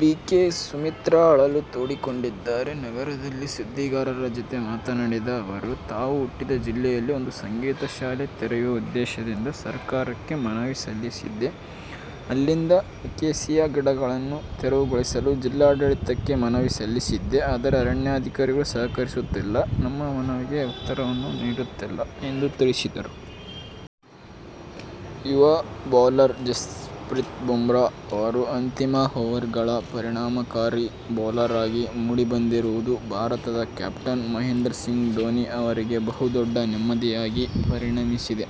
BK. Sumitra ಅಳಲು ತೋಡಿಕೊಂಡಿದ್ದಾರೆ. ನಗರದಲ್ಲಿ ಸುದ್ದಿಗಾರರ ಜತೆ ಮಾತನಾಡಿದ ಅವರು, ತಾವು ಹುಟ್ಟಿದ ಜಿಲ್ಲೆಯಲ್ಲಿ ಒಂದು ಸಂಗೀತ ಶಾಲೆ ತೆರೆಯುವ ಉದ್ದೇಶದಿಂದ ಸರ್ಕಾರಕ್ಕೆ ಮನವಿ ಸಲ್ಲಿಸಿದ್ದೆ. ಅಲ್ಲಿದ್ದ ಅಕೇಶಿಯಾ ಗಿಡಗಳನ್ನು ತೆರವುಗೊಳಿಸಲು ಜಿಲ್ಲಾಡಳಿತಕ್ಕೆ ಮನವಿ ಸಲ್ಲಿಸಿದ್ದೆ. ಆದರೆ ಅರಣ್ಯಾಧಿಕಾರಿಗಳು ಸಹಕರಿಸುತ್ತಿಲ್ಲ, ನಮ್ಮ ಮನವಿಗೆ ಉತ್ತರವನ್ನೂ ನೀಡುತ್ತಿಲ್ಲ ಎಂದು ತಿಳಿಸಿದರು. ಯುವ ಬೌಲರ್ ಜಸ್ಪ್ರೀತ್ ಬುಮ್ರಾಹ್ ಅವರು "ಅಂತಿಮ ಓವರ್ಗಳ' ಪರಿಣಾಮಕಾರಿ ಬೌಲರ್ ಆಗಿ ಮೂಡಿಬಂದಿರುವುದು ಭಾರತದ ಕ್ಯಾಪ್ಟನ್ ಮಹೇಂದ್ರ ಸಿಂಗ್ ಧೋನಿ ಅವರಿಗೆ ಬಹುದೊಡ್ಡ ನೆಮ್ಮದಿಯಾಗಿ ಪರಿಣಮಿಸಿದೆ.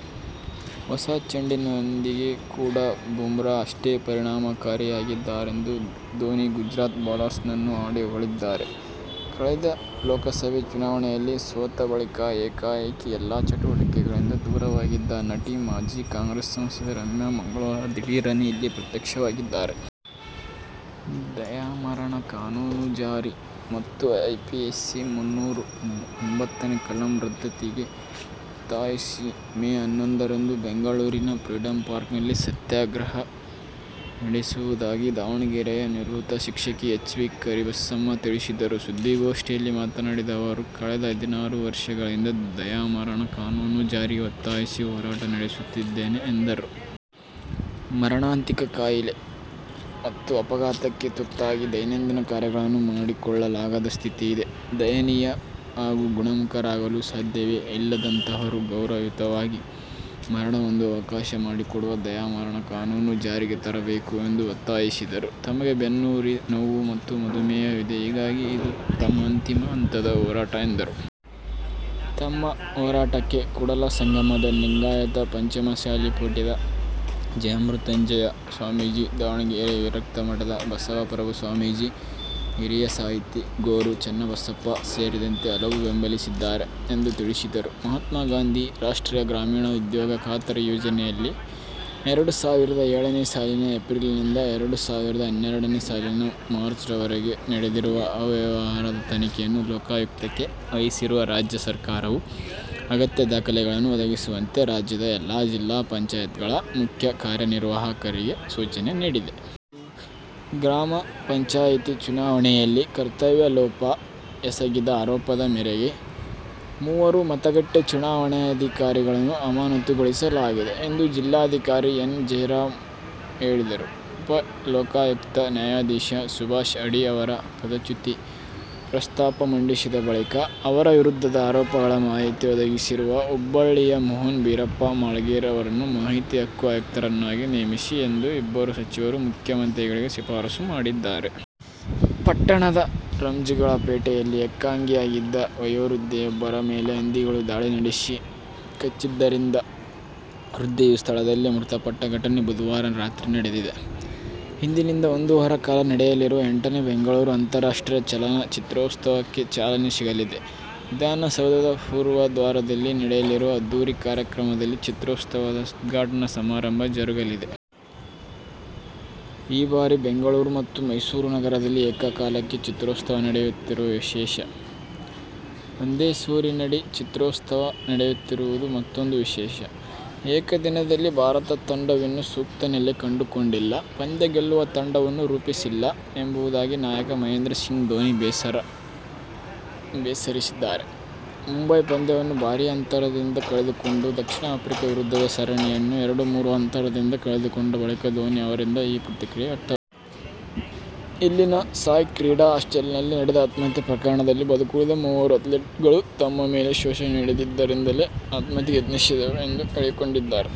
ಹೊಸ ಚೆಂಡಿನೊಂದಿಗೆ ಕೂಡ ಬುಮ್ರಾಹ್ ಅಷ್ಟೇ ಪರಿಣಾಮಕಾರಿಯಾಗಿದ್ದಾರೆಂದು ಧೋನಿ ಗುಜರಾತ್ ಬೌಲರ್ನನ್ನು ಹಾಡಿ ಹೊಗಳಿದ್ದಾರೆ. ಕಳೆದ ಲೋಕಸಭೆ ಚುನಾವಣೆಯಲ್ಲಿ ಸೋತ ಬಳಿಕ ಏಕಾಏಕಿ ಎಲ್ಲ ಚಟುವಟಿಕೆಗಳಿಂದ ದೂರವಾಗಿದ್ದ ನಟಿ, ಮಾಜಿ ಕಾಂಗ್ರೆಸ್ ಸಂಸದೆ ರಮ್ಯಾ ಮಂಗಳವಾರ ದಿಢೀರನೇ ಇಲ್ಲಿ ಪ್ರತ್ಯಕ್ಷವಾಗಿದ್ದಾರೆ. ದಯಾಮರಣ ಕಾನೂನು ಜಾರಿ ಮತ್ತು ಐಪಿಸಿ ಮುನ್ನೂರ ಒಂಬತ್ತನೇ ಕಲಂ ರದ್ದತಿಗೆ ಒತ್ತಾಯಿಸಿ ಮೇ ಹನ್ನೊಂದರಂದು ಬೆಂಗಳೂರಿನ ಫ್ರೀಡಂ ಪಾರ್ಕ್ನಲ್ಲಿ ಸತ್ಯಾಗ್ರಹ ನಡೆಸುವುದಾಗಿ ದಾವಣಗೆರೆಯ ನಿವೃತ್ತ ಶಿಕ್ಷಕಿ ಎಚ್. ಬಿ. ಕರಿಬಸಮ್ಮ ತಿಳಿಸಿದರು. ಸುದ್ದಿಗೋಷ್ಠಿಯಲ್ಲಿ ಮಾತನಾಡಿದ ಅವರು, ಕಳೆದ ಹದಿನಾರು ವರ್ಷಗಳಿಂದ ದಯಾಮರಣ ಕಾನೂನು ಜಾರಿಗೆ ಒತ್ತಾಯಿಸಿ ಹೋರಾಟ ನಡೆಸುತ್ತಿದ್ದೇನೆ ಎಂದರು. ಮಾರಣಾಂತಿಕ ಕಾಯಿಲೆ ಮತ್ತು ಅಪಘಾತಕ್ಕೆ ತುತ್ತಾಗಿ ದೈನಂದಿನ ಕಾರ್ಯಗಳನ್ನು ಮಾಡಿಕೊಳ್ಳಲಾಗದ ಸ್ಥಿತಿಯಿದೆ. ದಯನೀಯ ಹಾಗೂ ಗುಣಮುಖರಾಗಲು ಸಾಧ್ಯವೇ ಇಲ್ಲದಂತಹವರು ಗೌರವಯುತವಾಗಿ ಮರಣ ಹೊಂದುವ ಅವಕಾಶ ಮಾಡಿಕೊಡುವ ದಯಾಮರಣ ಕಾನೂನು ಜಾರಿಗೆ ತರಬೇಕು ಎಂದು ಒತ್ತಾಯಿಸಿದರು. ತಮಗೆ ಬೆನ್ನುಹುರಿ ನೋವು ಮತ್ತು ಮಧುಮೇಹವಿದೆ. ಹೀಗಾಗಿ ಇದು ತಮ್ಮ ಅಂತಿಮ ಹಂತದ ಹೋರಾಟ ಎಂದರು. ತಮ್ಮ ಹೋರಾಟಕ್ಕೆ ಕೂಡಲಸಂಗಮದ ಲಿಂಗಾಯತ ಪಂಚಮಸಾಲಿ ಪೀಠದ ಜಯಮೃತ್ಯುಂಜಯ ಸ್ವಾಮೀಜಿ, ದಾವಣಗೆರೆ ವಿರಕ್ತ ಮಠದ ಬಸವಪ್ರಭು ಸ್ವಾಮೀಜಿ, ಹಿರಿಯ ಸಾಹಿತಿ ಗೊ. ರು. ಚನ್ನಬಸಪ್ಪ ಸೇರಿದಂತೆ ಹಲವರು ಬೆಂಬಲಿಸಿದ್ದಾರೆ ಎಂದು ತಿಳಿಸಿದರು. ಮಹಾತ್ಮ ಗಾಂಧಿ ರಾಷ್ಟ್ರೀಯ ಗ್ರಾಮೀಣ ಉದ್ಯೋಗ ಖಾತರಿ ಯೋಜನೆಯಲ್ಲಿ ಎರಡು ಸಾವಿರದ ಏಳನೇ ಸಾಲಿನ ಏಪ್ರಿಲ್ನಿಂದ ಎರಡು ಸಾವಿರದ ಹನ್ನೆರಡನೇ ಸಾಲಿನ ಮಾರ್ಚ್ವರವರಗೆ ನಡೆದಿರುವ ಅವ್ಯವಹಾರದ ತನಿಖೆಯನ್ನು ಲೋಕಾಯುಕ್ತಕ್ಕೆ ವಹಿಸಿರುವ ರಾಜ್ಯ ಸರ್ಕಾರವು ಅಗತ್ಯ ದಾಖಲೆಗಳನ್ನು ಒದಗಿಸುವಂತೆ ರಾಜ್ಯದ ಎಲ್ಲಾ ಜಿಲ್ಲಾ ಪಂಚಾಯತ್ಗಳ ಮುಖ್ಯ ಕಾರ್ಯನಿರ್ವಾಹಕರಿಗೆ ಸೂಚನೆ ನೀಡಿದೆ. ಗ್ರಾಮ ಪಂಚಾಯಿತಿ ಚುನಾವಣೆಯಲ್ಲಿ ಕರ್ತವ್ಯ ಲೋಪ ಎಸಗಿದ ಆರೋಪದ ಮೇರೆಗೆ ಮೂವರು ಮತಗಟ್ಟೆ ಚುನಾವಣಾಧಿಕಾರಿಗಳನ್ನು ಅಮಾನತುಗೊಳಿಸಲಾಗಿದೆ ಎಂದು ಜಿಲ್ಲಾಧಿಕಾರಿ ಎನ್. ಜಯರಾಮ್ ಹೇಳಿದರು. ಉಪಲೋಕಾಯುಕ್ತ ನ್ಯಾಯಾಧೀಶ ಸುಭಾಷ್ ಅಡಿ ಅವರ ಪದಚ್ಯುತಿ ಪ್ರಸ್ತಾಪ ಮಂಡಿಸಿದ ಬಳಿಕ ಅವರ ವಿರುದ್ಧದ ಆರೋಪಗಳ ಮಾಹಿತಿ ಒದಗಿಸಿರುವ ಹುಬ್ಬಳ್ಳಿಯ ಮೋಹನ್ ಬೀರಪ್ಪ ಮಾಳಗೇರ್ ಅವರನ್ನು ಮಾಹಿತಿ ಹಕ್ಕು ಆಯುಕ್ತರನ್ನಾಗಿ ನೇಮಿಸಿ ಎಂದು ಇಬ್ಬರು ಸಚಿವರು ಮುಖ್ಯಮಂತ್ರಿಗಳಿಗೆ ಶಿಫಾರಸು ಮಾಡಿದ್ದಾರೆ. ಪಟ್ಟಣದ ರಜಂಗಳ ಪೇಟೆಯಲ್ಲಿ ಏಕಾಂಗಿಯಾಗಿದ್ದ ವಯೋವೃದ್ಧೆಯೊಬ್ಬರ ಮೇಲೆ ಹಂದಿಗಳು ದಾಳಿ ನಡೆಸಿ ಕಚ್ಚಿದ್ದರಿಂದ ವೃದ್ಧೆಯು ಸ್ಥಳದಲ್ಲೇ ಮೃತಪಟ್ಟ ಘಟನೆ ಬುಧವಾರ ರಾತ್ರಿ ನಡೆದಿದೆ. ಇಂದಿನಿಂದ ಒಂದು ವಾರ ಕಾಲ ನಡೆಯಲಿರುವ ಎಂಟನೇ ಬೆಂಗಳೂರು ಅಂತಾಷ್ಟ್ರೀಯ ಚಲನಚಿತ್ರೋತ್ಸವಕ್ಕೆ ಚಾಲನೆ ಸಿಗಲಿದೆ. ವಿಧಾನಸೌಧದ ಪೂರ್ವ ದ್ವಾರದಲ್ಲಿ ನಡೆಯಲಿರುವ ಅದ್ಧೂರಿ ಕಾರ್ಯಕ್ರಮದಲ್ಲಿ ಚಿತ್ರೋತ್ಸವದ ಉದ್ಘಾಟನಾ ಸಮಾರಂಭ ಜರುಗಲಿದೆ. ಈ ಬಾರಿ ಬೆಂಗಳೂರು ಮತ್ತು ಮೈಸೂರು ನಗರದಲ್ಲಿ ಏಕಕಾಲಕ್ಕೆ ಚಿತ್ರೋತ್ಸವ ನಡೆಯುತ್ತಿರುವುದು ವಿಶೇಷ. ಒಂದೇ ಸೂರಿನಡಿ ಚಿತ್ರೋತ್ಸವ ನಡೆಯುತ್ತಿರುವುದು ಮತ್ತೂಂದು ವಿಶೇಷ. ಏಕದಿನದಲ್ಲಿ ಭಾರತ ತಂಡವಿನ್ನೂ ಸೂಕ್ತ ನೆಲೆ ಕಂಡುಕೊಂಡಿಲ್ಲ, ಪಂದ್ಯ ಗೆಲ್ಲುವ ತಂಡವನ್ನು ರೂಪಿಸಿಲ್ಲ ಎಂಬುದಾಗಿ ನಾಯಕ ಮಹೇಂದ್ರ ಸಿಂಗ್ ಧೋನಿ ಬೇಸರಿಸಿದ್ದಾರೆ. ಮುಂಬಯಿ ಪಂದ್ಯವನ್ನು ಭಾರೀ ಅಂತರದಿಂದ ಕಳೆದುಕೊಂಡು, ದಕ್ಷಿಣ ಆಫ್ರಿಕಾ ವಿರುದ್ಧದ ಸರಣಿಯನ್ನು ಎರಡು-ಮೂರು ಅಂತರದಿಂದ ಕಳೆದುಕೊಂಡ ಬಳಿಕ ಧೋನಿ ಅವರಿಂದ ಈ ಪ್ರತಿಕ್ರಿಯೆ ವ್ಯಕ್ತವಾಗಿದೆ. ಇಲ್ಲಿನ ಸಾಯ್ ಕ್ರೀಡಾ ಹಾಸ್ಟೆಲ್ನಲ್ಲಿ ನಡೆದ ಆತ್ಮಹತ್ಯೆ ಪ್ರಕರಣದಲ್ಲಿ ಬದುಕುಳಿದ ಮೂವರು ಅಥ್ಲೀಟ್ಗಳು ತಮ್ಮ ಮೇಲೆ ಶೋಷಣೆ ನಡೆದಿದ್ದರಿಂದಲೇ ಆತ್ಮಹತ್ಯೆಗೆ ಯತ್ನಿಸಿದೆವು ಎಂದು ಹೇಳಿಕೊಂಡಿದ್ದಾರೆ.